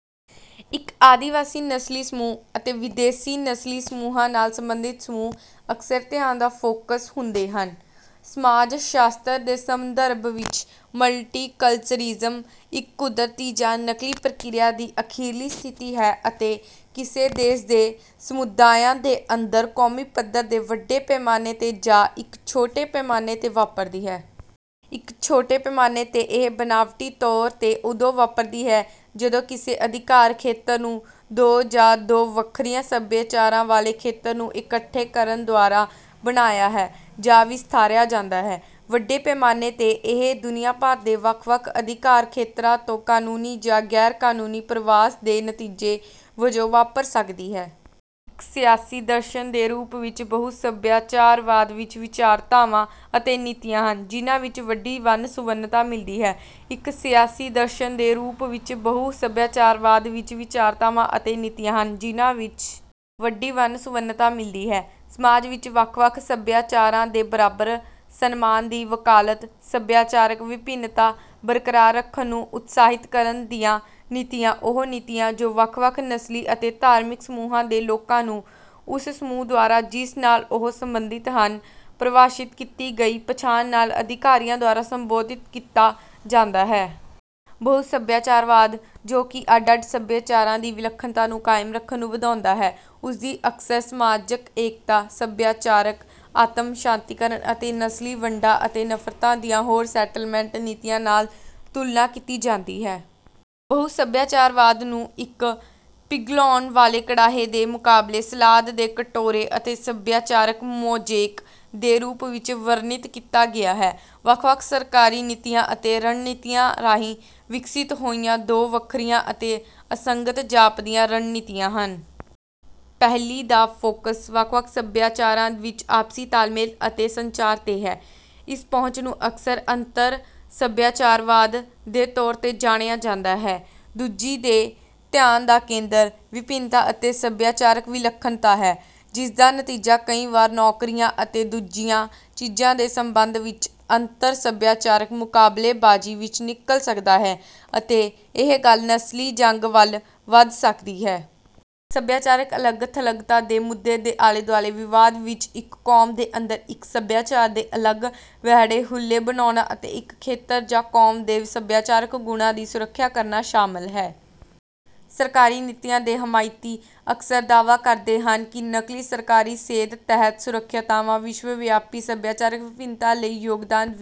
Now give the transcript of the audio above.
ਇੱਕ ਆਦਿਵਾਸੀ ਨਸਲੀ ਸਮੂਹ ਅਤੇ ਵਿਦੇਸ਼ੀ ਨਸਲੀ ਸਮੂਹਾਂ ਨਾਲ ਸਬੰਧਿਤ ਸਮੂਹ ਅਕਸਰ ਧਿਆਨ ਦਾ ਫ਼ੋਕਸ ਹੁੰਦੇ ਹਨ। ਸਮਾਜ ਸ਼ਾਸਤਰ ਦੇ ਸੰਦਰਭ ਵਿੱਚ, ਮਲਟੀਕਲਚਰਿਜ਼ਮ ਇੱਕ ਕੁਦਰਤੀ ਜਾਂ ਨਕਲੀ ਪ੍ਰਕਿਰਿਆ ਦੀ ਅਖੀਰਲੀ ਸਥਿਤੀ ਹੈ ਅਤੇ ਕਿਸੇ ਦੇਸ਼ ਦੇ ਸਮੁਦਾਇਆਂ ਦੇ ਅੰਦਰ ਕੌਮੀ ਪੱਧਰ ਦੇ ਵੱਡੇ ਪੈਮਾਨੇ ਤੇ ਜਾਂ ਇੱਕ ਛੋਟੇ ਪੈਮਾਨੇ ਤੇ ਵਾਪਰਦੀ ਹੈ। ਇੱਕ ਛੋਟੇ ਪੈਮਾਨੇ ਤੇ ਇਹ ਬਣਾਵਟੀ ਤੌਰ ਤੇ ਉਦੋਂ ਵਾਪਰਦੀ ਹੈ ਜਦੋਂ ਕਿਸੇ ਅਧਿਕਾਰਖੇਤਰ ਨੂੰ ਦੋ ਜਾਂ ਦੋ ਵੱਖਰੀਆਂ ਸਭਿਆਚਾਰਾਂ ਵਾਲੇ ਖੇਤਰਾਂ ਨੂੰ ਇਕੱਠੇ ਕਰਨ ਦੁਆਰਾ ਬਣਾਇਆ ਹੈ ਜਾਂ ਵਿਸਥਾਰਿਆ ਜਾਂਦਾ ਹੈ। ਵੱਡੇ ਪੈਮਾਨੇ ਤੇ, ਇਹ ਦੁਨੀਆ ਭਰ ਦੇ ਵੱਖ-ਵੱਖ ਅਧਿਕਾਰਖੇਤਰਾਂ ਤੋਂ ਕਾਨੂੰਨੀ ਜਾਂ ਗੈਰ ਕਾਨੂੰਨੀ ਪਰਵਾਸ ਦੇ ਨਤੀਜੇ ਵਜੋਂ ਵਾਪਰ ਸਕਦੀ ਹੈ। ਇੱਕ ਸਿਆਸੀ ਦਰਸ਼ਨ ਦੇ ਰੂਪ ਵਿੱਚ ਬਹੁਸਭਿਆਚਾਰਵਾਦ ਵਿੱਚ ਵਿਚਾਰਧਾਰਾਵਾਂ ਅਤੇ ਨੀਤੀਆਂ ਹਨ ਜਿਨ੍ਹਾਂ ਵਿੱਚ ਵੱਡੀ ਵੰਨ ਸੁਵੰਨਤਾ ਮਿਲਦੀ ਹੈ, ਇੱਕ ਸਿਆਸੀ ਦਰਸ਼ਨ ਦੇ ਰੂਪ ਵਿੱਚ ਬਹੁਸਭਿਆਚਾਰਵਾਦ ਵਿੱਚ ਵਿਚਾਰਧਾਰਾਵਾਂ ਅਤੇ ਨੀਤੀਆਂ ਹਨ ਜਿਨ੍ਹਾਂ ਵਿੱਚ ਵੱਡੀ ਵੰਨ ਸੁਵੰਨਤਾ ਮਿਲਦੀ ਹੈ, ਸਮਾਜ ਵਿੱਚ ਵੱਖ ਵੱਖ ਸਭਿਆਚਾਰਾਂ ਦੇ ਬਰਾਬਰ ਸਨਮਾਨ ਦੀ ਵਕਾਲਤ, ਸੱਭਿਆਚਾਰਕ ਵਿਭਿੰਨਤਾ ਬਰਕਰਾਰ ਰੱਖਣ ਨੂੰ ਉਤਸ਼ਾਹਿਤ ਕਰਨ ਦੀਆਂ ਨੀਤੀਆਂ, ਉਹ ਨੀਤੀਆਂ, ਜੋ ਵੱਖ-ਵੱਖ ਨਸਲੀ ਅਤੇ ਧਾਰਮਿਕ ਸਮੂਹਾਂ ਦੇ ਲੋਕਾਂ ਨੂੰ ਉਸ ਸਮੂਹ ਦੁਆਰਾ ਜਿਸ ਨਾਲ ਉਹ ਸੰਬੰਧਿਤ ਹਨ, ਪ੍ਰਭਾਸ਼ਿਤ ਕੀਤੀ ਗਈ ਪਛਾਣ ਨਾਲ ਅਧਿਕਾਰੀਆਂ ਦੁਆਰਾ ਸੰਬੋਧਿਤ ਕੀਤਾ ਜਾਂਦਾ ਹੈ। ਬਹੁਸਭਿਆਚਾਰਵਾਦ ਜੋ ਕਿ ਅੱਡ ਅੱਡ ਸੱਭਿਆਚਾਰਾਂ ਦੀ ਵਿਲੱਖਣਤਾ ਨੂੰ ਕਾਇਮ ਰੱਖਣ ਨੂੰ ਵਧਾਉਂਦਾ ਹੈ, ਉਸਦੀ ਅਕਸਰ ਸਮਾਜਕ ਏਕਤਾ, ਸੱਭਿਆਚਾਰਕ ਆਤਮਸਾਤੀਕਰਨ ਅਤੇ ਨਸਲੀ ਵੰਡਾਂ ਅਤੇ ਨਫਰਤਾਂ ਦੀਆਂ ਹੋਰ ਸੈਟਲਮੈਂਟ ਨੀਤੀਆਂ ਨਾਲ ਤੁਲਨਾ ਕੀਤੀ ਜਾਂਦੀ ਹੈ। ਬਹੁਸਭਿਆਚਾਰਵਾਦ ਨੂੰ ਇੱਕ ਪਿਘਲਉਣ ਵਾਲੇ ਕੜਾਹੇ ਦੇ ਮੁਕਾਬਲੇ "ਸਲਾਦ ਦੇ ਕਟੋਰੇ" ਅਤੇ "ਸੱਭਿਆਚਾਰਕ ਮੋਜ਼ੇਕ" ਦੇ ਰੂਪ ਵਿੱਚ ਵਰਣਿਤ ਕੀਤਾ ਗਿਆ ਹੈ। ਵੱਖ ਵੱਖ ਸਰਕਾਰੀ ਨੀਤੀਆਂ ਅਤੇ ਰਣਨੀਤੀਆਂ ਰਾਹੀਂ ਵਿਕਸਿਤ ਹੋਈਆਂ ਦੋ ਵੱਖਰੀਆਂ ਅਤੇ ਅਸੰਗਤ ਜਾਪਦੀਆਂ ਰਣਨੀਤੀਆਂ ਹਨ। ਪਹਿਲੀ ਦਾ ਫ਼ੋਕਸ ਵੱਖ-ਵੱਖ ਸਭਿਆਚਾਰਾਂ ਵਿਚ ਆਪਸੀ ਤਾਲਮੇਲ ਅਤੇ ਸੰਚਾਰ ਤੇ ਹੈ; ਇਸ ਪਹੁੰਚ ਨੂੰ ਅਕਸਰ ਅੰਤਰ-ਸਭਿਆਚਾਰਵਾਦ ਦੇ ਤੌਰ ਤੇ ਜਾਣਿਆ ਜਾਂਦਾ ਹੈ। ਦੂਜੀ ਦੇ ਧਿਆਨ ਦਾ ਕੇਂਦਰ ਵਿਭਿੰਨਤਾ ਅਤੇ ਸੱਭਿਆਚਾਰਕ ਵਿਲੱਖਣਤਾ ਹੈ ਜਿਸਦਾ ਨਤੀਜਾ ਕਈ ਵਾਰ ਨੌਕਰੀਆਂ ਅਤੇ ਦੂਜੀਆਂ ਚੀਜ਼ਾਂ ਦੇ ਸੰਬੰਧ ਵਿੱਚ ਅੰਤਰ-ਸਭਿਆਚਾਰਕ ਮੁਕਾਬਲੇਬਾਜ਼ੀ ਵਿੱਚ ਨਿਕਲ ਸਕਦਾ ਹੈ ਅਤੇ ਇਹ ਗੱਲ ਨਸਲੀ ਜੰਗ ਵੱਲ ਵਧ ਸਕਦੀ ਹੈ। ਸੱਭਿਆਚਾਰਕ ਅਲੱਗ-ਥਲੱਗਤਾ ਦੇ ਮੁੱਦੇ ਦੇ ਆਲੇ ਦੁਆਲੇ ਵਿਵਾਦ ਵਿੱਚ ਇੱਕ ਕੌਮ ਦੇ ਅੰਦਰ ਇੱਕ ਸੱਭਿਆਚਾਰ ਦੇ ਅਲੱਗ ਵਿਹੜੇ ਹੱਲੇ ਬਣਾਉਣ ਅਤੇ ਇੱਕ ਖੇਤਰ ਜਾਂ ਕੌਮ ਦੇ ਸਭਿਆਚਾਰਕ ਗੁਣਾਂ ਦੀ ਸੁਰੱਖਿਆ ਕਰਨਾ ਸ਼ਾਮਲ ਹੈ। ਸਰਕਾਰੀ ਨੀਤੀਆਂ ਦੇ ਹਮਾਇਤੀ ਅਕਸਰ ਦਾਅਵਾ ਕਰਦੇ ਹਨ ਕਿ ਨਕਲੀ, ਸਰਕਾਰੀ ਸੇਧ ਤਹਿਤ ਸੁਰੱਖਿਅਤਾਵਾਂ ਵਿਸ਼ਵ-ਵਿਆਪੀ ਸਭਿਆਚਾਰਕ ਵਿਭਿੰਨਤਾ ਲਈ ਯੋਗਦਾਨ ਵੀ...